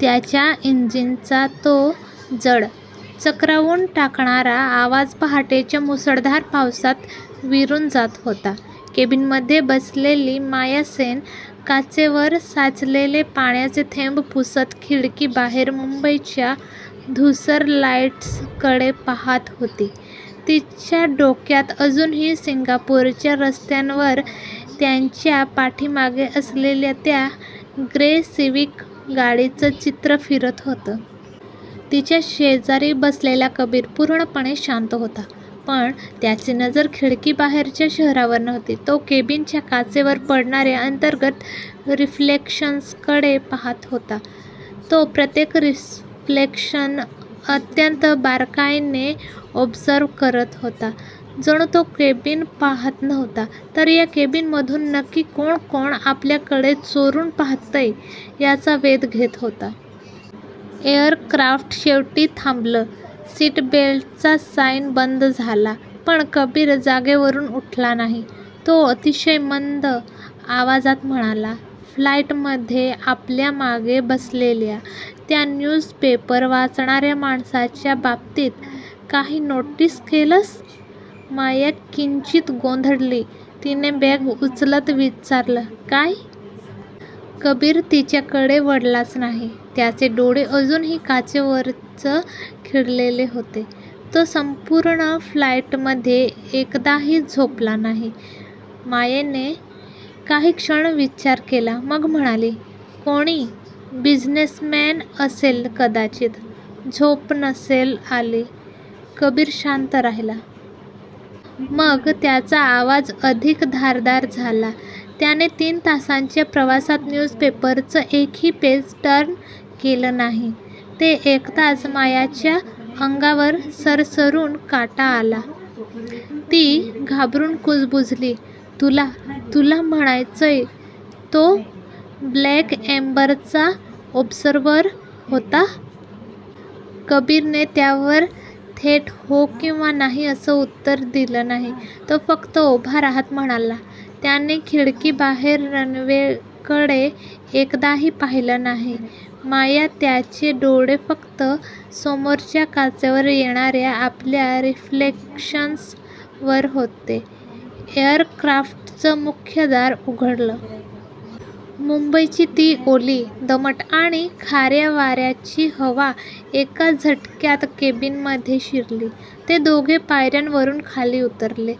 त्याच्या इंजिनचा तो जड, चक्रावून टाकणारा आवाज पहाटेच्या मुसळधार पावसात विरून जात होता. केबिनमध्ये बसलेली माया सेन काचेवर साचलेले पाण्याचे थेंब पुसत खिडकीबाहेर मुंबईच्या धूसर लाईट्सकडे पाहत होती. तिच्या डोक्यात अजूनही सिंगापूरच्या रस्त्यांवर त्यांच्या पाठीमागे असलेल्या त्या 'ग्रे सिव्हिक' गाडीचं चित्र फिरत होतं. तिच्या शेजारी बसलेला कबीर पूर्णपणे शांत होता. पण त्याची नजर खिडकीबाहेरच्या शहरावर नव्हती. तो केबिनच्या काचेवर पडणाऱ्या अंतर्गत रिफ्लेक्शन्सकडे पाहत होता. तो प्रत्येक रिफ्लेक्शन अत्यंत बारकाईने ऑब्झर्व्ह करत होता. जणू तो केबिन पाहत नव्हता, तर या केबिनमधून नक्की कोण-कोण आपल्याकडे चोरून पाहतंय, याचा वेध घेत होता. एअरक्राफ्ट शेवटी थांबलं. सीटबेल्टचा साईन बंद झाला. पण कबीर जागेवरून उठला नाही. तो अतिशय मंद, आवाजात म्हणाला, "फ्लाईटमध्ये आपल्या मागे बसलेल्या त्या न्यूजपेपर वाचणाऱ्या माणसाच्या बाबतीत काही नोटीस केलंस?" माया किंचित गोंधळली, तिने बॅग उचलत विचारलं, "काय? " कबीर तिच्याकडे वळलाच नाही, त्याचे डोळे अजूनही काचेवरच खिळलेले होते. "तो संपूर्ण फ्लाईटमध्ये एकदाही झोपला नाही." मायाने काही क्षण विचार केला, मग म्हणाली, "कोणी बिझनेसमन असेल कदाचित. झोप नसेल आली. " कबीर शांत राहिला. मग त्याचा आवाज अधिक धारदार झाला, "त्याने तीन तासांच्या प्रवासात न्यूजपेपरचं एकही पेज टर्न केलं नाही." ते ऐकताच मायाच्या अंगावर सरसरून काटा आला. ती घाबरून कुजबुजली, "तुला तुला म्हणायचंय तो ब्लॅक एम्बरचा ऑब्झर्वर होता? " कबीरने त्यावर थेट हो किंवा नाही असं उत्तर दिलं नाही. तो फक्त उभा राहत म्हणाला "त्याने खिडकीबाहेर रनवेकडे एकदाही पाहिलं नाही, माया त्याचे डोळे फक्त समोरच्या काचेवर येणाऱ्या आपल्या रिफ्लेक्शन्सवर होते." एअरक्राफ्टचं मुख्य दार उघडलं. मुंबईची ती ओली, दमट आणि खाऱ्या वाऱ्याची हवा एका झटक्यात केबिनमध्ये शिरली. ते दोघे पायऱ्यांवरून खाली उतरले.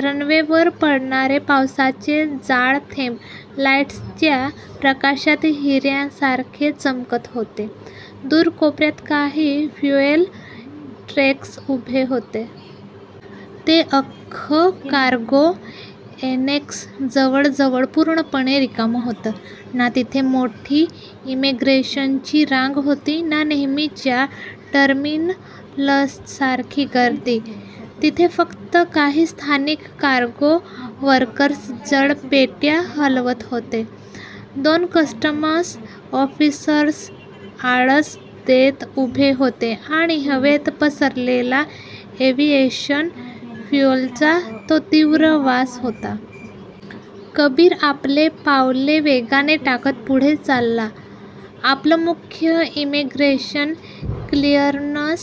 रनवेवर पडणारे पावसाचे जाड थेंब लाईट्सच्या प्रकाशात हिऱ्यांसारखे चमकत होते. दूर कोपऱ्यात काही फ्युएल ट्रक्स उभे होते. ते अख्खं कार्गो अॅनेक्स जवळजवळ पूर्णपणे रिकामं होतं. ना तिथे मोठी इमिग्रेशनची रांग होती, ना नेहमीच्या टर्मिनल्ससारखी गर्दी. तिथे फक्त काही स्थानिक कार्गो वर्कर्स जड पेट्या हलवत होते. दोन कस्टम्स ऑफिसर्स आळस देत उभे होते आणि हवेत पसरलेला एव्हिएशन फ्युएलचा तो तीव्र वास होता. कबीर आपले पावले वेगात टाकत पुढे चालला, "आपलं मुख्य इमिग्रेशन क्लिअरन्स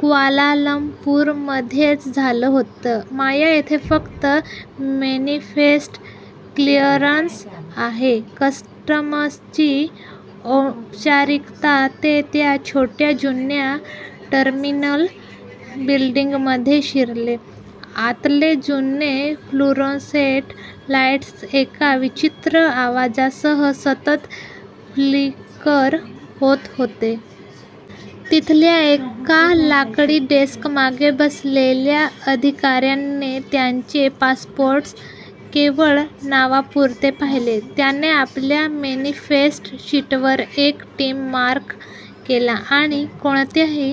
क्वालालंपूरमध्येच झालं होतं, माया इथे फक्त मॅनिफेस्ट क्लिअरन्स आहे. कस्टम्सची औपचारिकता." ते त्या छोट्या, जुन्या टर्मिनल बिल्डिंगमध्ये शिरले. आतले जुने फ्लुरोसेंट लाईट्स एका विचित्र आवाजासह सतत फ्लिकर होत होते. तिथल्या एका लाकडी डेस्कमागे बसलेल्या अधिकाऱ्याने त्यांचे पासपोर्ट्स केवळ नावापुरते पाहिले. त्याने आपल्या मॅनिफेस्ट शीटवर एक टिक मार्क केला आणि कोणत्याही